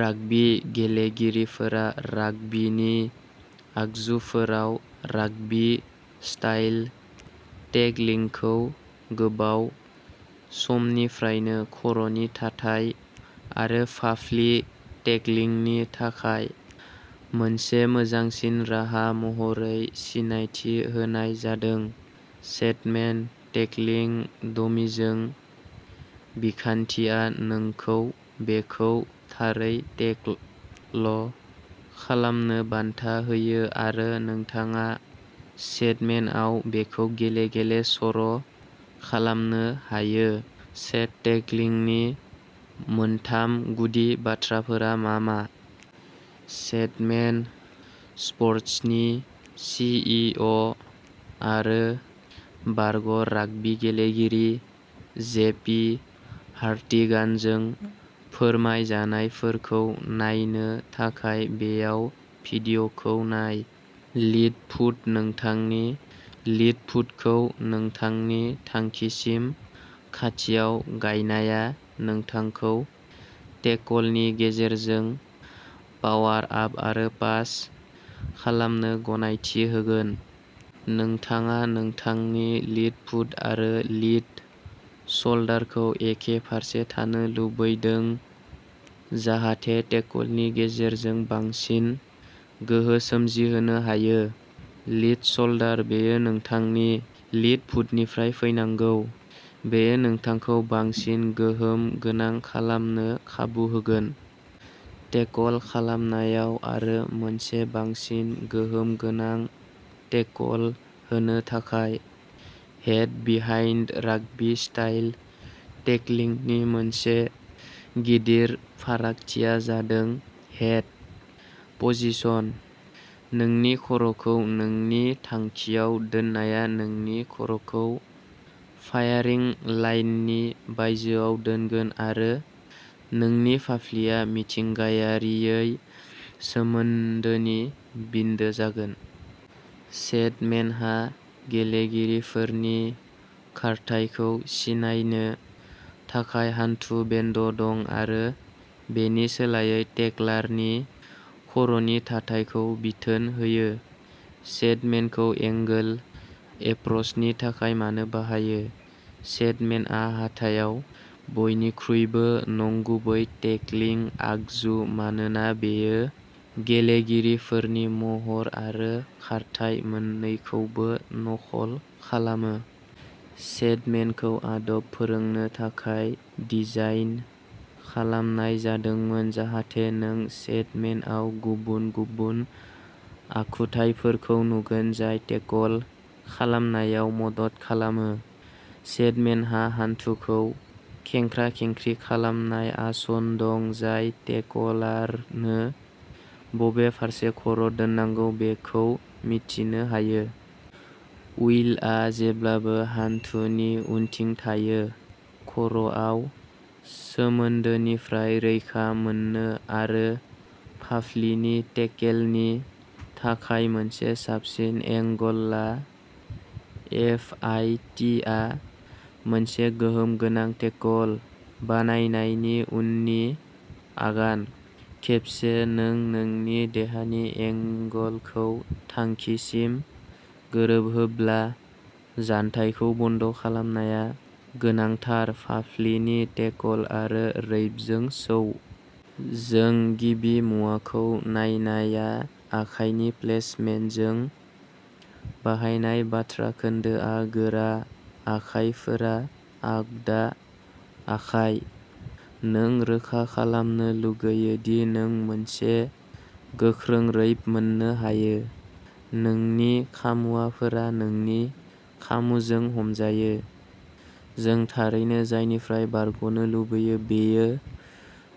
Rugby गेलेगिरिफोरा राग्बीनि आगजुफोराव राग्बी स्टाइल टेकलिंखौ गोबाव समनिफ्रायनो खर'नि थाथाय आरो फाफ्लि टेकलिंनि थाखाय मोनसे मोजांसिन राहा महरै सिनायथि होनाय जादों। शेड’मेन टेकलिं डमीजों, बिखान्थिआ नोंखौ बेखौ थारै टेकल खालामनो बान्था होयो आरो नोंथाङा शेड’मेनआव बेखौ गले गले सर' खालामनो हायो शेड’टेकलिंगनि मोनथाम गुदि बाथ्राफोरा मा मा? शेड’मेन स्पर्टसनि सि इ अ आरो बारग'राग्बी गेलेगिरि, जे पि हार्टिगानजों फोरमायजानायफोरखौ नायनो थाखाय बेयाव भिडिअ'खौ नाय। लिद फुट नोंथांनि लिद फुटखौ नोंथांनि थांखिसिम खाथियाव गायनाया नोंथांखौ टेकलनि गेजेरजों पावार आप आरो पास खालामनो गनायथि होगोन। नोंथाङा नोंथांनि लिद फुट आरो लिद शल्डारखौ एखे फारसे थानो लुबैदों जाहाथे टेकलनि गेजेरजों बांसिन गोहो सोमजिहोनो हायो। लिद श'ल्डार बेयो नोंथांनि लिद फुटनिफ्राय फैनांगौ। बेयो नोंथांखौ बांसिन गोहोम गोनां खालामनो खाबु होगोन। टेकल खालामनायाव आरो मोनसे बांसिन गोहोम गोनां टेकल होनो थाखाय। हेड बिहाइन्ड राग्बी स्टाइल टेकलिंनि मोनसे गिदिर फारागथिया जादों हेड पजिशन। नोंनि खर'खौ नोंनि थांखियाव दोननाया नोंनि खर'खौ फायारिं लाइननि बायजोआव दोनगोन आरो नोंनि फाफ्लिआ मिथिंगायारियै सोमोन्दोनि बिन्दो जागोन। शेड'मेनहा गेलेगिरिफोरनि खारथायखौ सिनायनो थाखाय हान्थु बेनड दं आरो बेनि सोलायै टेकलारनि खर'नि थाथायखौ बिथोन होयो। शेड'मेनखौ एंगोल एप्र'चनि थाखाय मानो बाहायो? शेड'मेनआ हाथायाव बयनिख्रुइबो नंगुबै टेकलिं आगजु मानोना बेयो गेलेगिरिफोरनि महर आरो खारथाइ मोननैखौबो नखल खालामो। शेड'मेनखौ आदब फोरोंनो थाखाय डिजाइन खालामनाय जादोंमोन जाहाथे नों शेड'मेनआव गुबुन गुबुन आखुथायफोरखौ नुगोन जाय टेकल खालामनायाव मदद खालामो। शेड'मेनहा हानथुखौ खेंख्रा-खेंख्रि खालामनाय आसन दं जाय टेकलारनो बबे फारसे खर' दोननांगौ बेखौ मिथिनो होयो। उइलआ जेब्लाबो हानथुनि उनथिं थायो, खर'आव सोमोन्दोनिफ्राय रैखा मोननो आरो फाफ्लिनि टेकेलनि थाखाय मोनसे साबसिन एंगल ला। एफ आइ टि आ मोनसे गोहोम गोनां टेकल बानायनायनि उननि आगान। खेबसे नों नोंनि देहानि एंगलखौ थांखिसिम गोरोबहोब्ला, जानथायखौ बन्द' खालामनाया गोनांथार, फाफ्लिनि टेकल आरो रैपजों सौ। जों गिबि मुवाखौ नायनाया आखाइनि प्लेसमेन्ट। जों बाहायनाय बाथ्रा खोन्दोआ गोरा आखाइफोरा आगदा आखाइ। नों रोखा खालामनो लुगैयो दि नों मोनसे गोख्रों रैप मोननो हायो, नोंनि खामुवाफोरा नोंनि खामुजों हमजायो। जों थारैनो जायनिफ्राय बारग'नो लुगैयो बेयो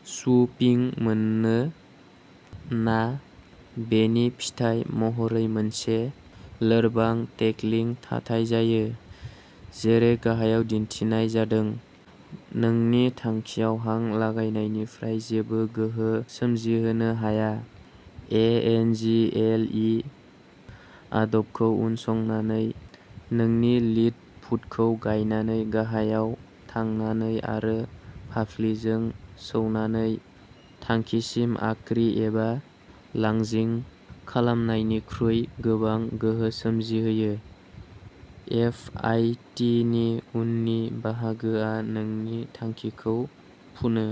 स्वुपिं मानोना बेनि फिथाय महरै मोनसे लोरबां टेकलिं थाथाय जायो, जेरै गाहायाव दिन्थिनाय जादों। नोंनि थांखियाव हां लागायनायनिफ्राय जेबो गोहो सोमजिहोनो हाया। A N G L E आदबखौ उनसंनानै, नोंनि लिद फुटखौ गायनानै, गाहायाव थांनानै आरो फाफ्लिजों सौनानै थांखिसिम आर्किं एबा लांजिं खालामनायनिख्रुइ गोबां गोहो सोमजिहोयो। एफ आइ टि नि उननि बाहागोआ नोंनि थांखिखौ फुनो।